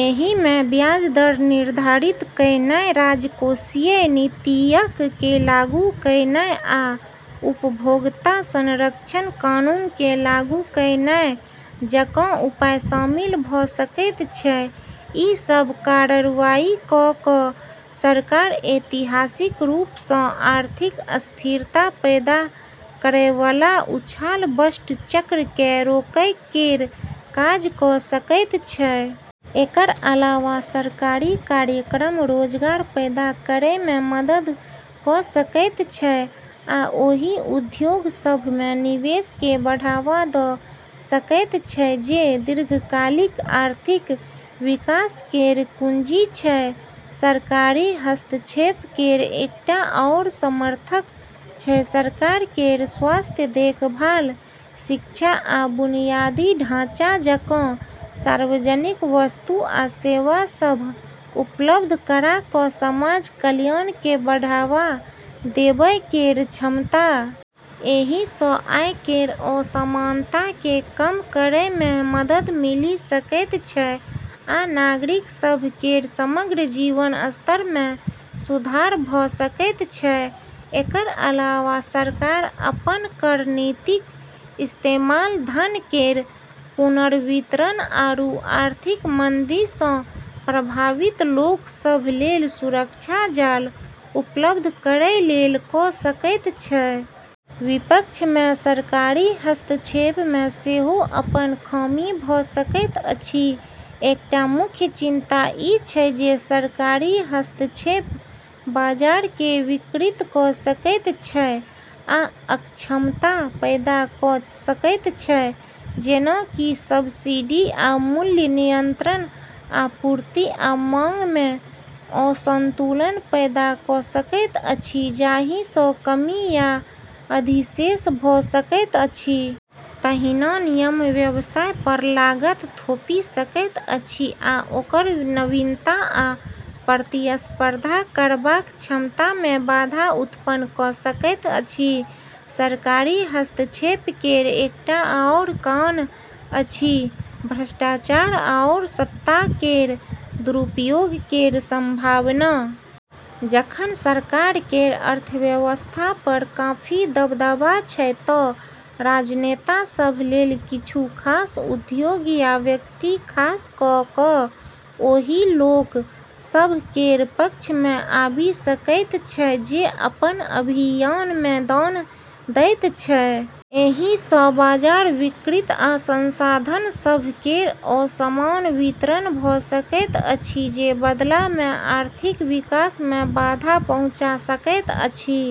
एहिमे ब्याज दर निर्धारित कयनाय, राजकोषीय नीतियक केँ लागू कयनाय, आ उपभोक्ता-संरक्षण कानून केँ लागू कयनाय जकाँ उपाय शामिल भऽ सकैत छै। ई सब कार्रवाई कऽ कऽ सरकार ऐतिहासिक रूप सँ आर्थिक अस्थिरता पैदा करयवला उछाल-बस्ट चक्र केँ रोकै केर काज कऽ सकैत छै। एकर अलावा सरकारी कार्यक्रम रोजगार पैदा करै मे मदद कऽ सकैत छै आ ओहि उद्योग सभ मे निवेश केँ बढ़ावा दऽ सकैत छै जे दीर्घकालिक आर्थिक विकास केर कुंजी छै। सरकारी हस्तक्षेप केर एकटा आओर समर्थक छै सरकार केर स्वास्थ्य देखभाल, शिक्षा, आ बुनियादी ढाँचा जकाँ सार्वजनिक वस्तु आ सेवा सभ उपलब्ध करा कऽ समाज कल्याण केँ बढ़ावा देबै केर क्षमता। एहि सँ आय केर असमानता केँ कम करै मे मदद मिलि सकैत छै आ नागरिक सभ केर समग्र जीवन स्तर मे सुधार भऽ सकैत छै। एकर अलावा सरकार अपन कर नीतिक इस्तेमाल धन केर पुनर्वितरण आरू आर्थिक मंदी सँ प्रभावित लोक सभ लेल सुरक्षा जाल उपलब्ध करै लेल कऽ सकैत छै। विपक्ष मे सरकारी हस्तक्षेप मे सेहो अपन खामी भऽ सकैत अछि। एकटा मुख्य चिंता ई छै जे सरकारी हस्तक्षेप बाजार केँ विकृत कऽ सकैत छै आ अक्षमता पैदा कऽ सकैत छै। जेना कि सब्सिडी आ मूल्य नियंत्रण आपूर्ति आ मांग मे असंतुलन पैदा कऽ सकैत अछि, जाहि सँ कमी या अधिशेष भऽ सकैत अछि। तहिना नियम व्यवसाय पर लागत थोपि सकैत अछि आ ओकर नवीनता आ प्रतिस्पर्धा करबाक क्षमता मे बाधा उत्पन्न कऽ सकैत अछि। सरकारी हस्तक्षेप केर एकटा आओर कॉन अछि भ्रष्टाचार आओर सत्ता केर दुरुपयोग केर संभावना। जखन सरकार केर अर्थव्यवस्था पर काफी दबदबा छै तँ राजनेता सभ लेल किछु खास उद्योग या व्यक्ति खास कऽ कऽ ओहि लोक सभ केर पक्ष मे आबि सकैत छै जे अपन अभियान मे दान दैत छै। एहि सँ बाजार विकृत आ संसाधन सभ केर असमान वितरण भऽ सकैत अछि, जे बदला मे आर्थिक विकास मे बाधा पहुँचा सकैत अछि।